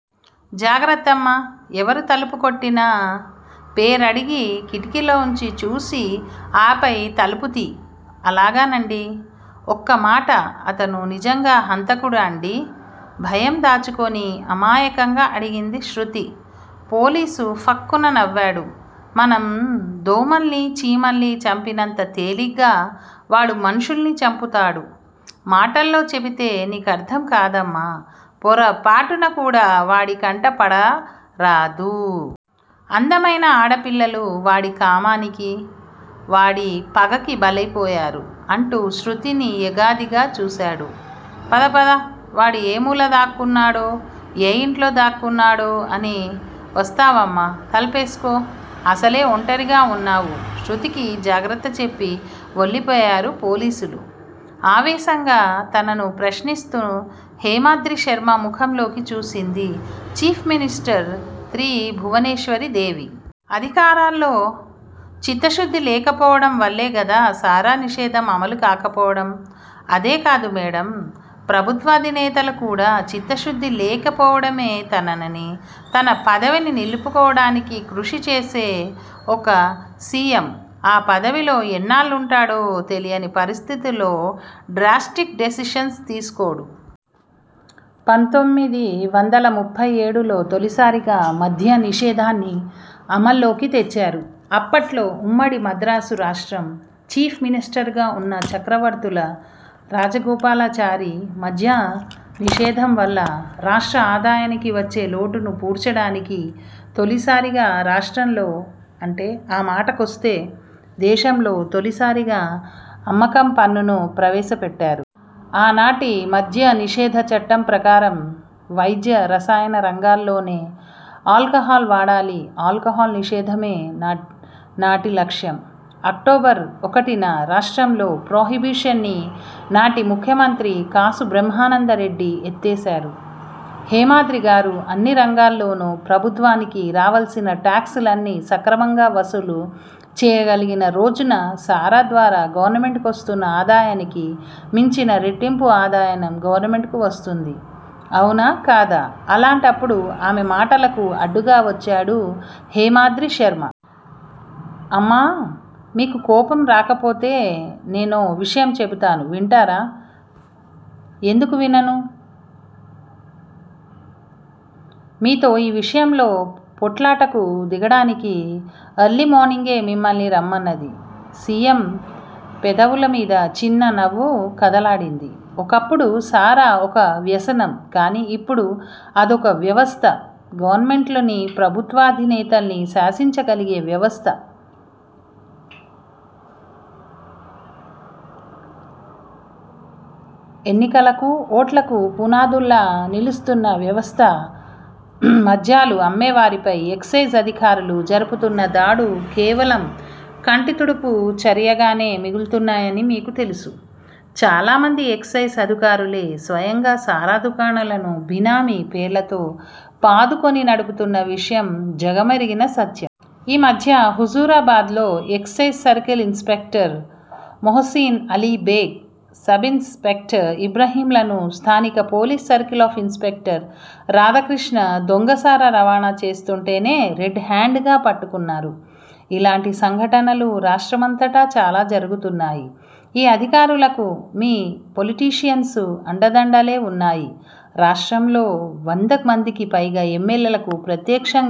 జాగ్రత్తమ్మా! ఎవరు తలుపుకొట్టినా పేరడిగి కిటికీ లోంచి చూసి ఆపై తలుపు తియ్యి. అలాగేనండి. ఒక్కమాట అతను నిజంగా హంతకుడాండి? భయం దాచుకుని అమాయకంగా అడిగింది శృతి. పోలీసు ఫక్కున నవ్వాడు. మనం దోమల్ని చీమల్ని చంపినంత తేలిగ్గా వాడు మనుషుల్ని చంపుతాడు. మాటల్లో చెపితే నీకర్థం కాదమ్మా పోరపాటునకూడా వాడి కంట పడరాదు. అందమైన ఆడపిల్లలు వాడి కామానికి, వాడి పగకి బలయిపోయారు. అంటూ శృతిని ఎగాదిగా చూశాడు. పద పద, వాడు ఏమూల దాగున్నాడో, ఏ ఇంట్లో దాగున్నాడో అని వస్తామమ్మా తలుపేసుకో, అసలే ఒంటరిగా వున్నావు శ్రుతికి జాగ్రత్త చెప్పి వోళ్ళిపోయారు పోలీసులు. ఆవేశంగా తనను ప్రశ్నిస్తు హేమాద్రిశర్మ ముఖంలోకి చూసింది చీఫ్ మినిస్టర్ త్రిభువనేశ్వరీదేవి. అధికారుల్లో చిత్తశుద్ది లేకపోవడం వల్లేగదా సారా నిషేధం అమలు కాకపోవడం అదే కాదు మేడమ్ ప్రభుత్వాధినేతలకు కూడా చిత్తశుద్ది లేక పోవడమే తనని, తన పదవిని నిలుపుకోడానికి కృషి చేసే ఒక సి. ఎమ్. ఆ పదవిలో ఎన్నాళ్ళుంటాడో తెలియని పరిస్థితిలో డ్రాస్టిక్ డెసిషన్స్ తీసుకోడు. పంతోమిది వందల ముప్పై ఏడు లో తొలిసారిగా మద్యనిషేధాన్ని అమల్లోకి తెచ్చారు. అప్పట్లో ఉమ్మడి మద్రాసు రాష్ట్రం చీఫ్ మినిస్టరుగా ఉన్న చక్రవర్తుల రాజగోపాలాచారి మధ్యనిషేధం వల్ల రాష్ట్ర ఆదాయానికి వచ్చే లోటును పూడ్చదానికి తొలిసారిగా రాష్ట్రంలో, అంటే ఆ మాటకొస్తే దేశంలో తొలిసారిగా అమ్మకం పన్ను ను ప్రవేశపెట్టారు. ఆనాటి మద్యనిషేధ చట్టం ప్రకారం వైద్య రసాయన రంగాల్లోనే ఆల్కహాల్ వాడాలి ఆల్కహాల్ నిషేధమే నాటి లక్ష్యం. అక్టోబర్ ఒకటీ న రాష్ట్రంలో ప్రొహిబిషన్ ని నాటి ముఖ్యమంత్రి కాసు బ్రహ్మానందరెడ్డి ఎత్తేసారు. హేమాద్రిగారూ అన్ని రంగాలలోనూ ప్రభుత్వానికి రావాల్సిన టాక్స్ లన్నీ సక్రమంగా వసూలు చేయగలిగిన రోజున సారా ద్వారా గవర్నమెంట్ కొస్తున్న ఆదాయానికి మించిన రెట్టింపు ఆదాయం గవర్నమెంట్ కు వస్తుంది అవునా కాదా అలాంటప్పుడు ఆమె మాటలకు అడ్డుగా వచ్చాడు హేమాద్రిశర్మ. అమ్మా! మీకు కోపం రాకపోతే నేనో విషయం చెపుతాను వింటారా? ఎందుకు వినను? మీతో ఈ విషయంలో పోట్లాటకు దిగడానికే ఎర్లీ మార్నింగే మిమ్మల్ని రమ్మన్నది సి. ఎమ్ పెదవుల మీద చిన్న నవ్వు కదలాడింది. ఒకప్పుడు సారా ఒక వ్యసనం కానీ ఇప్పుడు అదొక వ్యవస్థ గవర్నమెంటుల్ని, ప్రభుత్వాధినేతల్నీ శాసించగలిగే వ్యవస్థ ఎన్నికలకూ, ఓట్లకూ పునాదుల్లా నిలుస్తున్న వ్యవస్థ మద్యాలు అమ్మేవారిపై ఎక్సయిజ్ అధికారులు జరుపుతున్న దాడులు కేవలం కంటితుడుపు చర్యలుగానే మిగులుతున్నాయని మీకు తెలుసు- చాలామంది ఎక్సయిజ్ అధికారులే స్వయంగా సారా దుకాణాలను బినామీ పేర్లతో పాదుకొని నడుపుతున్న విషయం జగమెరిగిన సత్యం. ఆ మధ్య హుజురాబాద్ లో excise circle inspector Mohsin Ali Beg, sub inspector ఇబ్రాహీంలను, స్థానిక police circle inspector Radhakrishna దొంగ సారా రవాణా చేస్తుంటే రెడ్ హేండెడ్ గా పట్టుకున్నారు. ఇలాంటి సంఘటనలు రాష్ట్రమంతటా చాలా జరుగుతున్నాయి. ఈ అధికారులకు మీ పొలిటీషియన్స్ అండదండలే వున్నాయి. రాష్ట్రంలో వందమందికి పైగా ఎమ్మెల్యేలకు ప్రత్యక్షంగానో,